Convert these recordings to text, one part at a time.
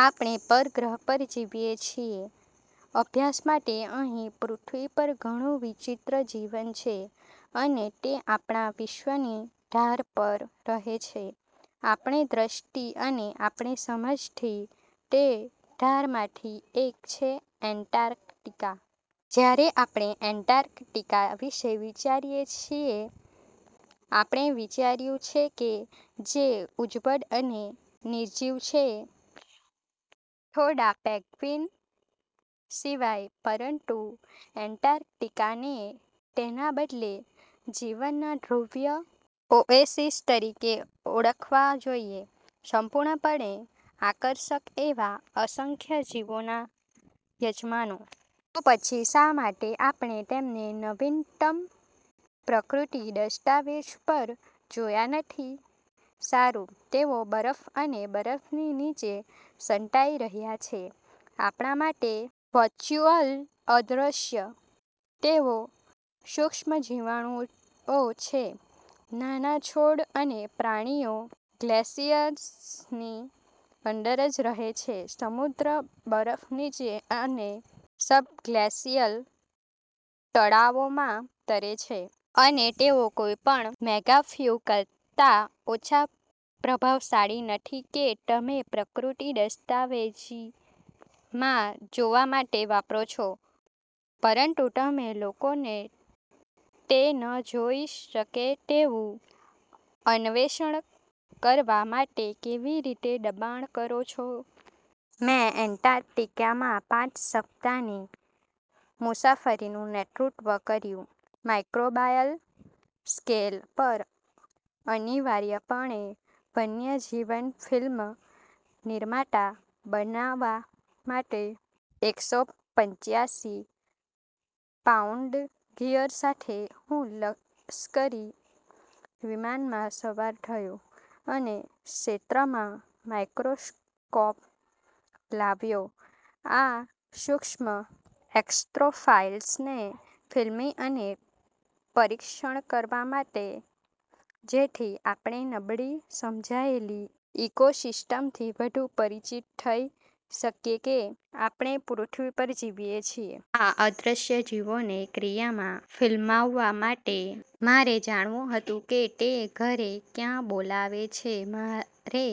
આપણે પરગ્રહ પર જીવીએ છીએ. અભ્યાસ માટે અહીં પૃથ્વી પર ઘણું વિચિત્ર જીવન છે, અને તે આપણા વિશ્વની ધાર પર રહે છે, આપણી દૃષ્ટિ અને આપણી સમજ થી. તે ધારમાંથી એક છે એન્ટાર્કટિકા. જ્યારે આપણે એન્ટાર્કટિકા વિશે વિચારીએ છીએ, આપણે વિચાર્યું છે કે જે ઉજ્જડ અને નિર્જીવ છે... થોડા પેન્ગ્વિન સિવાય. પરંતુ એન્ટાર્કટિકાને તેના બદલે જીવનના ધ્રુવીય ઓએસિસ તરીકે ઓળખવા જોઈએ, સંપૂર્ણપણે આકર્ષક એવા અસંખ્ય જીવોના યજમાનો. તો પછી શા માટે આપણે તેમને નવીનતમ પ્રકૃતિ દસ્તાવેજ પર જોયા નથી? સારું, તેઓ બરફ અને બરફની નીચે સંતાઈ રહ્યા છે. આપણા માટે વર્ચ્યુઅલ અદ્રશ્ય. તેઓ સુક્ષ્મજીવાણુઓ છે: નાના છોડ અને પ્રાણીઓ ગ્લેસિયર્સની અંદર જ રહે છે, સમુદ્ર બરફ નીચે અને સબગ્લેશિયલ તળાવોમાં તરે છે. અને તેઓ કોઈપણ મેગાફ્યુ કરતા ઓછા પ્રભાવશાળી નથી કે તમે પ્રકૃતિ દસ્તાવેજી માં જોવા માટે વાપરો છો. પરંતુ તમે લોકોને તે ન જોઈ શકે તેવું અન્વેષણ કરવા માટે કેવી રીતે દબાણ કરો છો? મેં એન્ટાર્કટિકામાં પાંચ સપ્તાહની મુસાફરીનું નેતૃત્વ કર્યું માઇક્રોબાયલ સ્કેલ પર અનિવાર્યપણે વન્યજીવન ફિલ્મ નિર્માતા બનવા માટે. એકસો પંચ્યાસી પાઉન્ડ ગિયર સાથે, હું લશ્કરી વિમાનમાં સવાર થયો અને ક્ષેત્રમાં માઇક્રોસ્કોપ લાવ્યો આ સૂક્ષ્મ એક્સ્ટ્રોફાઇલ્સને ફિલ્મી અને પરીક્ષણ કરવા માટે, જેથી આપણે નબળી સમજાયેલી ઇકોસિસ્ટમથી વધુ પરિચિત થઈ શકીએ કે આપણે પૃથ્વી પર જીવીએ છીએ. આ અદ્રશ્ય જીવોને ક્રિયામાં ફિલ્માવવા માટે, મારે જાણવું હતું કે તે ઘરે ક્યાં બોલાવે છે મારે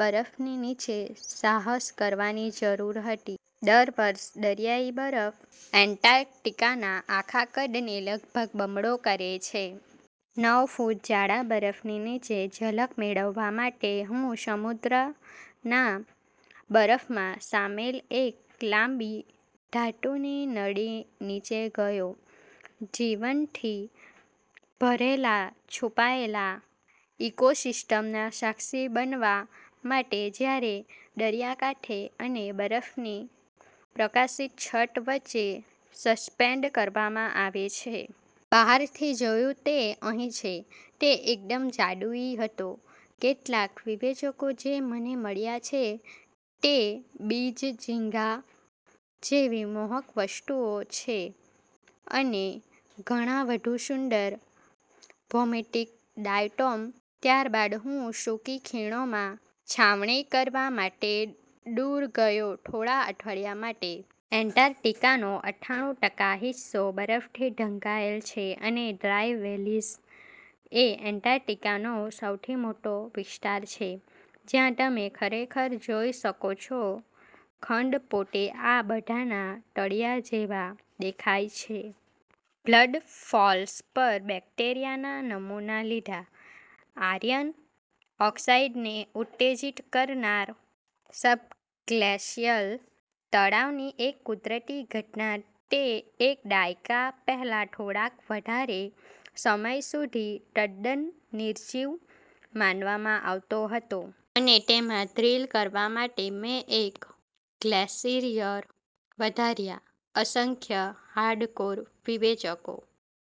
બરફની નીચે સાહસ કરવાની જરૂર હતી. દર વર્ષે, દરિયાઈ બરફ એન્ટાર્કટિકાના આખા કદને લગભગ બમણો કરે છે. નવ ફૂટ જાડા બરફની નીચે ઝલક મેળવવા માટે, હું સમુદ્રના બરફમાં શામેલ એક લાંબી, ધાતુની નળી નીચે ગયો જીવનથી ભરેલા છુપાયેલા ઇકોસિસ્ટમના સાક્ષી બનવા માટે, જ્યારે દરિયાકાંઠે અને બરફની પ્રકાશિત છત વચ્ચે સસ્પેન્ડ કરવામાં આવે છે. બહારથી જોયું તે અહીં છે. તે એકદમ જાદુઈ હતો. કેટલાક વિવેચકો જે મને મળ્યાં છે તે બીજ ઝીંગા જેવી મોહક વસ્તુઓ છે અને ઘણા વધુ સુંદર, ભૌમિતિક ડાયટોમ. ત્યારબાદ હું સુકી ખીણોમાં છાવણી કરવા માટે દૂર ગયો થોડા અઠવાડિયા માટે. એન્ટાર્કટિકાનો અઠ્ઠાણું ટકા હિસ્સો બરફથી ઢંકાયેલ છે અને ડ્રાય વેલીઝ એ એન્ટાર્કટિકાનો સૌથી મોટો વિસ્તાર છે જ્યાં તમે ખરેખર જોઈ શકો છો ખંડ પોતે આ બધાના તળિયા જેવા દેખાય છે? બ્લડફોલ્સ પર બેક્ટેરિયાના નમૂના લીધાં, આયર્ન ઓકસાઈડને ઉત્તેજીત કરનાર સબગ્લેશિયલ તળાવની એક કુદરતી ઘટના તે એક દાયકા પહેલાં થોડાક વધારે સમય સુધી તદ્દન નિર્જીવ માનવામાં આવતો હતો. અને તેમાં ડ્રીલ કરવા માટે મેં એક ગ્લેશિયર વધાર્યો, અસંખ્ય, હાર્ડકોર વિવેચકો